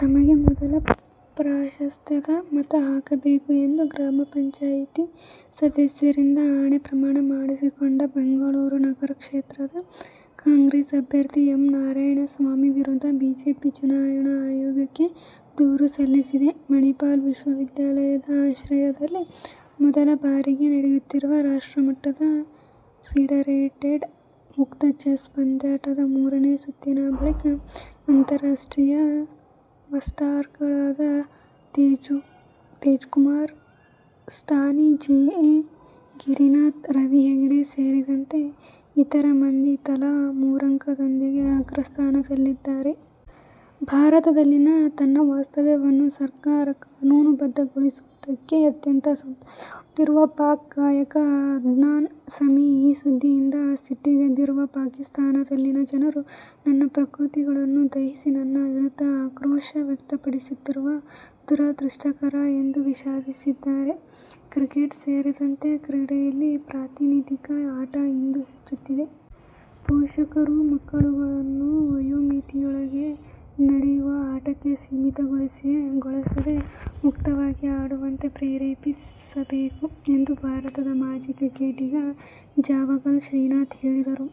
ತಮಗೇ ಮೊದಲ ಪ್ರಾಶಸ್ತ್ಯದ ಮತ ಹಾಕಬೇಕು ಎಂದು ಗ್ರಾಮ ಪಂಚಾಯಿತಿ ಸದಸ್ಯರಿಂದ ಆಣೆ-ಪ್ರಮಾಣ ಮಾಡಿಸಿಕೊಂಡ ಬೆಂಗಳೂರು ನಗರ ಕ್ಷೇತ್ರದ ಕಾಂಗ್ರೆಸ್ ಅಭ್ಯರ್ಥಿ ಎಂ. ನಾರಾಯಣಸ್ವಾಮಿ ವಿರುದ್ಧ ಬಿಜೆಪಿ ಚುನಾವಣಾ ಆಯೋಗಕ್ಕೆ ದೂರು ಸಲ್ಲಿಸಿದೆ. ಮಣಿಪಾಲ ವಿಶ್ವವಿದ್ಯಾಲಯದ ಆಶ್ರಯದಲ್ಲಿ ಮೊದಲ ಬಾರಿಗೆ ನಡೆಯುತ್ತಿರುವ ರಾಷ್ಟ್ರ ಮಟ್ಟದ ಫಿಡೆ ರೇಟೆಡ್ ಮುಕ್ತ ಚೆಸ್ ಪಂದ್ಯಾಟದ ಮೂರನೇ ಸುತ್ತಿನ ಬಳಿಕ ಅಂತಾರಾಷ್ಟ್ರೀಯ ಮಾಸ್ಟರ್ಗಳಾದ ತೇಜ್ಕುಮಾರ್, ಸ್ಟಾನಿ ಜಿಎ, ಗಿರಿನಾಥ್, ರವಿ ಹೆಗಡೆ ಸೇರಿದಂತೆ ಇತರ ಮಂದಿ ತಲಾ ಮೂರಂಕದೊಂದಿಗೆ ಅಗ್ರಸ್ಥಾನದಲ್ಲಿದ್ದಾರೆ. ಭಾರತದಲ್ಲಿನ ತನ್ನ ವಾಸ್ತವ್ಯವನ್ನು ಸರಕಾರ ಕಾನೂನು ಬದ್ಧಗೊಳಿಸಿರುವುದಕ್ಕೆ ಅತ್ಯಂತ ಸಂತಸಗೊಂಡಿರುವ ಪಾಕ್ ಗಾಯಕ ಅದ್ನಾನ್ ಸಮಿ, "ಈ ಸುದ್ದಿಯಿಂದ ಸಿಟ್ಟಿಗೆದ್ದಿರುವ ಪಾಕಿಸ್ಥಾನದಲ್ಲಿನ ಜನರು ನನ್ನ ಪ್ರತಿಕೃತಿಗಳನ್ನು ದಹಿಸಿ ನನ್ನ ವಿರುದ್ಧ ಆಕ್ರೋಶ ವ್ಯಕ್ತಪಡಿಸುತ್ತಿರುವುದು ದುರದೃಷ್ಟಕರ' ಎಂದು ವಿಷಾದಿಸಿದ್ದಾರೆ. ಕ್ರಿಕೆಟ್ ಸೇರಿದಂತೆ ಕ್ರೀಡೆಗಳಲ್ಲಿ ಪ್ರಾತಿನಿಧಿಕ ಆಟ ಇಂದು ಹೆಚ್ಚುತ್ತಿದೆ. ಪೋಷಕರು ಮಕ್ಕಳನ್ನು ವಯೋಮಿತಿಯೊಳಗೆ ನಡೆಯುವ ಆಟಕ್ಕೆ ಸೀಮಿತಗೊಳಿಸದೆ ಮುಕ್ತವಾಗಿ ಆಡುವಂತೆ ಪ್ರೇರೇಪಿಸಬೇಕು ಎಂದು ಭಾರತದ ಮಾಜಿ ಕ್ರಿಕೆಟಿಗ ಜಾವಗಲ್ ಶ್ರೀನಾಥ್ ಹೇಳಿದರು.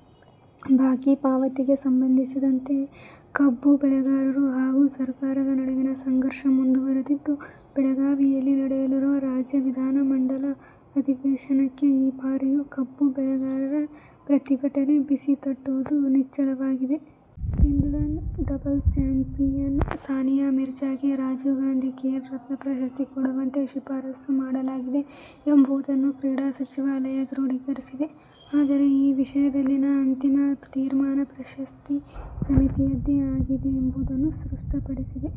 ಬಾಕಿ ಪಾವತಿಗೆ ಸಂಬಂಧಿಸಿದಂತೆ ಕಬ್ಬು ಬೆಳೆಗಾರರು ಹಾಗೂ ಸರ್ಕಾರದ ನಡುವಿನ ಸಂಘರ್ಷ ಮುಂದುವರಿದಿದ್ದು, ಬೆಳಗಾವಿಯಲ್ಲಿ ನಡೆಯಲಿರುವ ರಾಜ್ಯ ವಿಧಾನಮಂಡಲ ಅಧಿವೇಶನಕ್ಕೆ ಈ ಬಾರಿಯೂ ಕಬ್ಬು ಬೆಳೆಗಾರರ ಪ್ರತಿಭಟನೆ ಬಿಸಿ ತಟ್ಟುವುದು ನಿಚ್ಚಳವಾಗಿದೆ. ವಿಂಬಲ್ಡನ್ ಡಬಲ್ಸ್ ಚಾಂಪ್ಯನ್ ಸಾನಿಯಾ ಮಿರ್ಜಾಗೆ ರಾಜೀವ್ ಗಾಂಧಿ ಖೇಲ್ ರತ್ನ ಪ್ರಶಸ್ತಿ ಕೊಡುವಂತೆ ಶಿಫಾರಸು ಮಾಡಲಾಗಿದೆ ಎಂಬುದನ್ನು ಕ್ರೀಡಾ ಸಚಿವಾಲಯ ದೃಢೀಕರಿಸಿದೆ. ಆದರೆ ಈ ವಿಷಯದಲ್ಲಿನ ಅಂತಿಮ ತೀರ್ಮಾನ ಪ್ರಶಸ್ತಿ ಸಮಿತಿಯದ್ದೇ ಆಗಿದೆ ಎಂಬುದನ್ನೂ ಸ್ಪಷ್ಟಪಡಿಸಿದೆ.